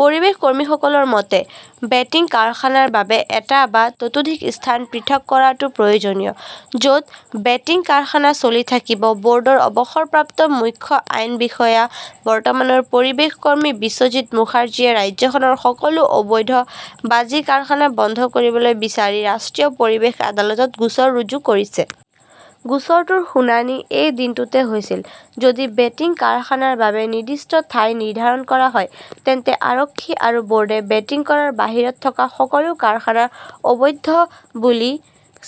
পৰিৱেশ কৰ্মীসকলৰ মতে, বেটিং কাৰখানাৰ বাবে এটা বা ততোধিক স্থান পৃথক কৰাটো প্ৰয়োজনীয়। য 'ত বেটিং কাৰখানা চলি থাকিব। বৰ্ডৰ অৱসৰপ্ৰাপ্ত মুখ্য আইন বিষয়া, বৰ্তমানৰ পৰিৱেশ কৰ্মী বিশ্বজিত মুখাৰ্জীয়ে ৰাজ্যখনৰ সকলো অবৈধ বাজি কাৰখানা বন্ধ কৰিবলৈ বিচাৰি ৰাষ্ট্ৰীয় পৰিৱেশ আদালতত গোচৰ ৰুজু কৰিছে। গোচৰটোৰ শুনানি এই দিনটোতে হৈছিল। যদি বেটিং কাৰখানাৰ বাবে নিৰ্দিষ্ট ঠাই নিৰ্ধাৰণ কৰা হয়, তেন্তে আৰক্ষী আৰু বোৰ্ডে বেটিং কৰাৰ বাহিৰত থকা সকলো কাৰখানা অবৈধ বুলি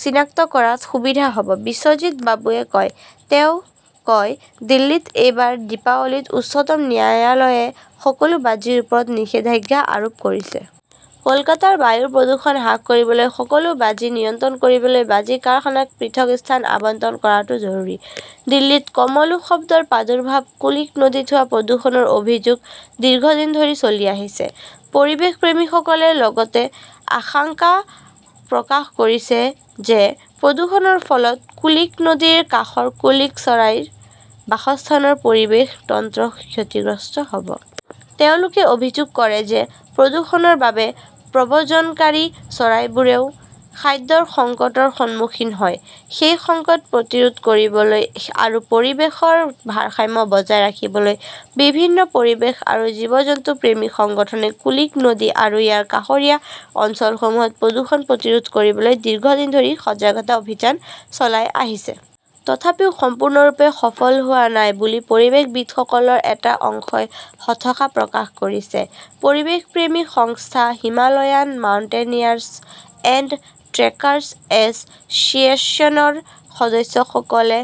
চিনাক্ত কৰাত সুবিধা হব, বিশ্বজিত বাবুৱে কয়, তেওঁ কয়, দিল্লীত এইবাৰ দীপাৱলীত উচ্চতম ন্যায়ালয়ে সকলো বাজিৰ ওপৰত নিষেধাজ্ঞা আৰোপ কৰিছে। কলকাতাৰ বায়ুৰ প্ৰদূষণ হ্ৰাস কৰিবলৈ সকলো বাজি নিয়ন্ত্ৰণ কৰিবলৈ বাজি কাৰখানাক পৃথক স্থান আবণ্টন কৰাটো জৰুৰী। দিল্লীত কমলো শব্দৰ প্ৰাদুৰ্ভাৱ কুলিক নদীত হোৱা প্ৰদূষণৰ অভিযোগ দীৰ্ঘদিন ধৰি চলি আহিছে। পৰিৱেশপ্ৰেমীসকলে লগতে আশংকা প্ৰকাশ কৰিছে যে প্ৰদূষণৰ ফলত কুলিক নদীৰ কাষৰ কুলিক চৰাইৰ বাসস্থানৰ পৰিৱেশ তন্ত্ৰ ক্ষতিগ্ৰস্ত হব। তেওঁলোকে অভিযোগ কৰে যে প্ৰদূষণৰ বাবে প্ৰব্ৰজনকাৰী চৰাইবোৰেও খাদ্যৰ সংকটৰ সন্মুখীন হয়। সেই সংকট প্ৰতিৰোধ কৰিবলৈ আৰু পৰিৱেশৰ ভাৰসাম্য বজাই ৰাখিবলৈ, বিভিন্ন পৰিৱেশ আৰু জীৱ-জন্তু প্ৰেমী সংগঠনে কুলিক নদী আৰু ইয়াৰ কাষৰীয়া অঞ্চলসমূহত প্ৰদূষণ প্ৰতিৰোধ কৰিবলৈ দীৰ্ঘদিন ধৰি সজাগতা অভিযান চলাই আহিছে। তথাপিও সম্পূৰ্ণৰূপে সফল হোৱা নাই বুলি পৰিৱেশবিদসকলৰ এটা অংশই হতাশা প্ৰকাশ কৰিছে। পৰিৱেশপ্ৰেমী সংস্থা হিমালয়ান মাউণ্টেনিয়াৰ্ছ এণ্ড ট্ৰেকাৰ্ছ এছ চিয়েশ্যনৰ সদস্যসকলে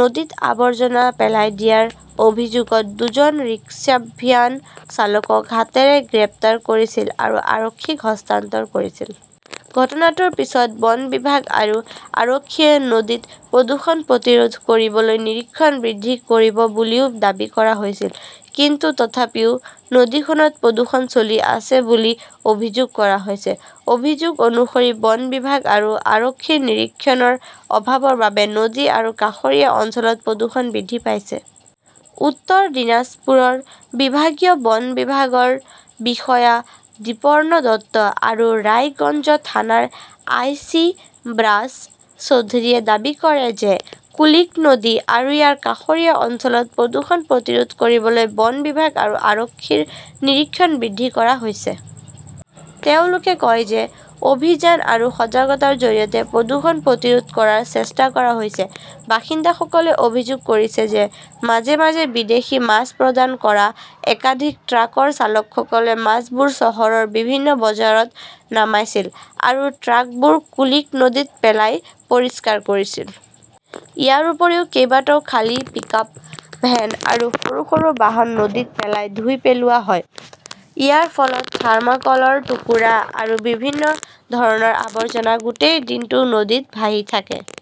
নদীত আৱৰ্জনা পেলাই দিয়াৰ অভিযোগত দুজন ৰিক্সাভ্যান চালকক হাতেৰে গ্ৰেপ্তাৰ কৰিছিল আৰু আৰক্ষীক হস্তান্তৰ কৰিছিল। ঘটনাটোৰ পিছত বন বিভাগ আৰু আৰক্ষীয়ে নদীত প্ৰদূষণ প্ৰতিৰোধ কৰিবলৈ নিৰীক্ষণ বৃদ্ধি কৰিব বুলিও দাবী কৰা হৈছিল। কিন্তু তথাপিও নদীখনত প্ৰদূষণ চলি আছে বুলি অভিযোগ কৰা হৈছে। অভিযোগ অনুসৰি বন বিভাগ আৰু আৰক্ষীৰ নিৰীক্ষণৰ অভাৱৰ বাবে নদী আৰু কাষৰীয়া অঞ্চলত প্ৰদূষণ বৃদ্ধি পাইছে। উত্তৰ দিনাজপুৰৰ বিভাগীয় বন বিভাগৰ বিষয়া দ্বিপৰ্ণ দত্ত আৰু ৰায়গঞ্জ থানাৰ আই. চি. ব্ৰাছ চৌধুৰীয়ে দাবী কৰে যে কুলিক নদী আৰু ইয়াৰ কাষৰীয়া অঞ্চলত প্ৰদূষণ প্ৰতিৰোধ কৰিবলৈ বন বিভাগ আৰু আৰক্ষীৰ নিৰীক্ষণ বৃদ্ধি কৰা হৈছে। তেওঁলোকে কয় যে অভিযান আৰু সজাগতাৰ জৰিয়তে প্ৰদূষণ প্ৰতিৰোধ কৰাৰ চেষ্টা কৰা হৈছে। বাসিন্দাসকলে অভিযোগ কৰিছে যে মাজে-মাজে বিদেশী মাছ প্ৰদান কৰা একাধিক ট্ৰাকৰ চালকসকলে মাছবোৰ চহৰৰ বিভিন্ন বজাৰত নামাইছিল আৰু ট্ৰাকবোৰ কুলিক নদীত পেলাই পৰিষ্কাৰ কৰিছিল। ইয়াৰ উপৰিও, কেইবাটাও খালী পিকআপ ভেন আৰু সৰু-সৰু বাহন নদীত পেলাই ধুই পেলোৱা হয়। ইয়াৰ ফলত থাৰ্মকলৰ টুকুৰা আৰু বিভিন্ন ধৰণৰ আৱৰ্জনা গোটেই দিনটো নদীত ভাহি থাকে।